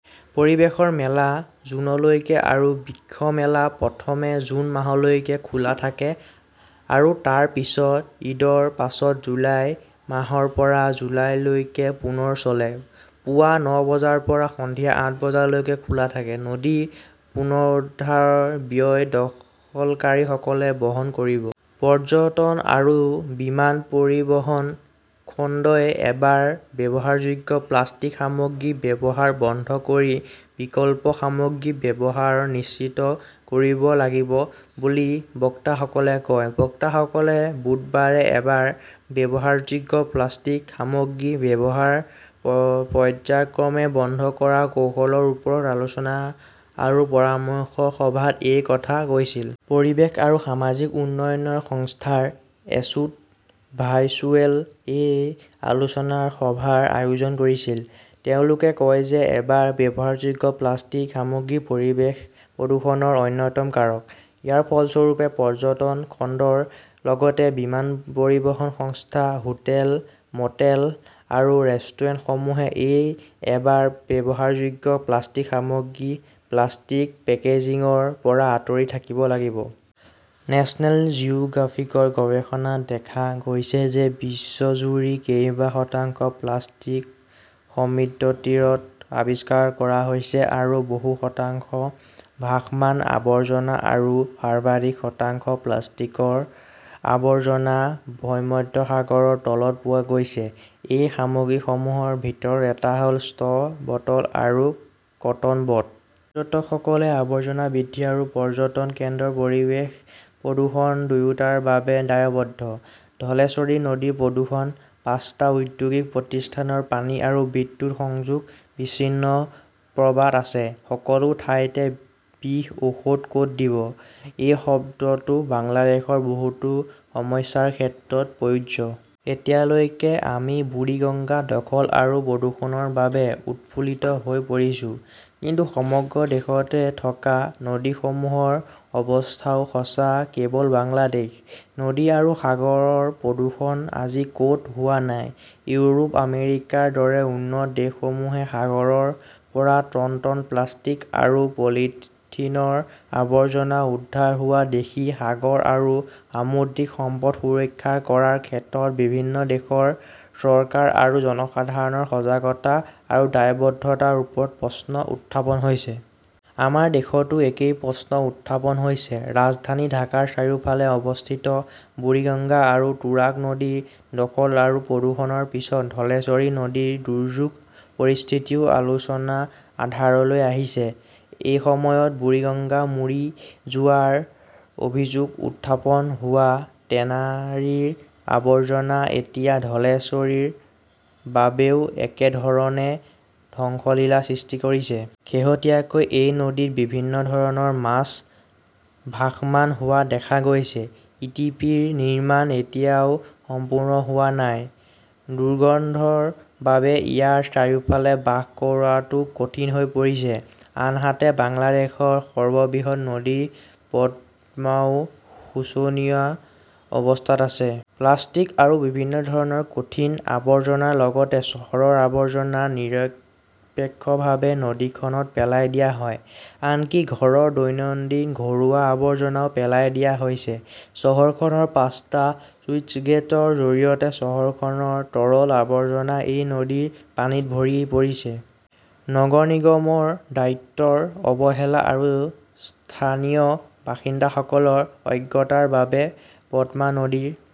পৰিৱেশৰ মেলা জুনলৈকে আৰু বৃক্ষ মেলা প্ৰথমে জুন মাহলৈকে খোলা থাকে আৰু তাৰ পিছত ঈদৰ পাছত জুলাই মাহৰ পৰা জুলাইলৈকে পুনৰ চলে। পুৱা ন বজাৰ পৰা সন্ধিয়া আঠ বজালৈকে খোলা থাকে। নদী পুনৰুদ্ধাৰৰ ব্যয় দখলকাৰীসকলে বহন কৰিব। পৰ্যটন আৰু বিমান পৰিবহণ খণ্ডই এবাৰ ব্যৱহাৰযোগ্য প্লাষ্টিক সামগ্ৰীৰ ব্যৱহাৰ বন্ধ কৰি বিকল্প সামগ্ৰীৰ ব্যৱহাৰ নিশ্চিত কৰিব লাগিব বুলি বক্তাসকলে কয়। বক্তাসকলে বুধবাৰে এবাৰ ব্যৱহাৰযোগ্য প্লাষ্টিক সামগ্ৰীৰ ব্যৱহাৰ, পৰ্য্যায়ক্ৰমে বন্ধ কৰাৰ কৌশলৰ ওপৰত আলোচনা আৰু পৰামৰ্শ সভাত এই কথা কৈছিল। পৰিৱেশ আৰু সামাজিক উন্নয়নৰ সংস্থাৰ এছোড ভাৰ্চুৱেলে এই আলোচনা সভাৰ আয়োজন কৰিছিল। তেওঁলোকে কয় যে এবাৰ ব্যৱহাৰযোগ্য প্লাষ্টিক সামগ্ৰী পৰিৱেশ প্ৰদূষণৰ অন্যতম কাৰক। ইয়াৰ ফলস্বৰূপে পৰ্যটন খণ্ডৰ লগতে বিমান পৰিবহণ সংস্থা, হোটেল, মটেল আৰু ৰেষ্টুৰেণ্টসমূহে এই এবাৰ ব্যৱহাৰযোগ্য প্লাষ্টিক সামগ্ৰী, প্লাষ্টিক পেকেজিংৰ পৰা আঁতৰি থাকিব লাগিব। নেচনেল জিঅ'গ্ৰাফিকৰ গৱেষণাত দেখা গৈছে যে বিশ্বজুৰি কেইবা শতাংশ প্লাষ্টিক সমিদ্ৰতীৰত আৱিষ্কাৰ কৰা হৈছে, আৰু বহু শতাংশ ভাসমান আৱৰ্জনা আৰু সাৰ্বাধিক শতাংশ প্লাষ্টিকৰ আৱৰ্জনা ভমধ্যসাগৰৰ তলত পোৱা গৈছে। এই সামগ্ৰীসমূহৰ ভিতৰত এটা হ'ল ষ্ট্ৰ', বটল আৰু কটন বড। পৰ্যটকসকলে আৱৰ্জনা বৃদ্ধি আৰু পৰ্যটন কেন্দ্ৰৰ পৰিৱেশ প্ৰদূষণ দুয়োটাৰ বাবে দায়বদ্ধ। ধলেশ্বৰী নদীৰ প্ৰদূষণঃ পাঁচটা ঔদ্যোগিক প্ৰতিষ্ঠানৰ পানী আৰু বিদ্যুৎ সংযোগ বিচ্ছিন্ন প্রবাদ আছে, "সকলো ঠাইতে বিষ, ঔষধ ক'ত দিব? "এই শব্দটো বাংলাদেশৰ বহুতো সমস্যাৰ ক্ষেত্ৰত প্ৰয়োজ্য। এতিয়ালৈকে আমি বুৰিগঙ্গা দখল আৰু প্ৰদূষণৰ বাবে উৎফুল্লিত হৈ পৰিছো। কিন্তু সমগ্ৰ দেশতে থকা নদীসমূহৰ অৱস্থাও সঁচা। কেৱল বাংলাদেশ, নদী আৰু সাগৰৰ প্ৰদূষণ আজি ক'ত হোৱা নাই? ইউৰোপ, আমেৰিকাৰ দৰে উন্নত দেশসমূহে সাগৰৰ পৰা টন টন প্লাষ্টিক আৰু পলিথিনৰ আৱৰ্জনা উদ্ধাৰ হোৱা দেখি সাগৰ আৰু সামুদ্ৰিক সম্পদ সুৰক্ষা কৰাৰ ক্ষেত্ৰত বিভিন্ন দেশৰ চৰকাৰ আৰু জনসাধাৰণৰ সজাগতা আৰু দায়বদ্ধতাৰ ওপৰত প্ৰশ্ন উত্থাপন হৈছে। আমাৰ দেশতো একেই প্ৰশ্ন উত্থাপন হৈছে। ৰাজধানী ঢাকাৰ চাৰিওফালে অৱস্থিত বুৰিগঙ্গা আৰু তুৰাগ নদী দখল আৰু প্ৰদূষণৰ পিছত ধলেশ্বৰী নদীৰ দুৰ্যোগ পৰিস্থিতিও আলোচনাৰ আধাৰলৈ আহিছে। এসময়ত বুৰিগঙ্গা মৰি যোৱাৰ অভিযোগ উত্থাপন হোৱা টেনাৰীৰ আৱৰ্জনা এতিয়া ধলেশ্বৰীৰ বাবেও একেধৰণে ধ্বংসলীলাৰ সৃষ্টি কৰিছে। শেহতীয়াকৈ এই নদীত বিভিন্ন ধৰণৰ মাছ ভাসমান হোৱা দেখা গৈছে। ই. টি. পি. ৰ নিৰ্মাণ এতিয়াও সম্পূৰ্ণ হোৱা নাই, দুৰ্গন্ধৰ বাবে ইয়াৰ চাৰিওফালে বাস কৰাটো কঠিন হৈ পৰিছে। আনহাতে, বাংলাদেশৰ সৰ্ববৃহৎ নদী পদ্মাও শোচনীয়া অৱস্থাত আছে। প্লাষ্টিক আৰু বিভিন্ন ধৰণৰ কঠিন আৱৰ্জনাৰ লগতে চহৰৰ আৱৰ্জনা নিৰপেক্ষভাৱে নদীখনত পেলাই দিয়া হয়। আনকি ঘৰৰ দৈনন্দিন ঘৰুৱা আৱৰ্জনাও পেলাই দিয়া হৈছে। চহৰখনৰ পাঁচটা শ্লুইচ গেটৰ জৰিয়তে চহৰখনৰ তৰল আৱৰ্জনা এই নদীৰ পানীত ভৰি পৰিছে। নগৰ নিগমৰ দায়িত্বৰ অৱহেলা আৰু স্থানীয় বাসিন্দাসকলৰ অজ্ঞতাৰ বাবে পদ্মা নদীৰ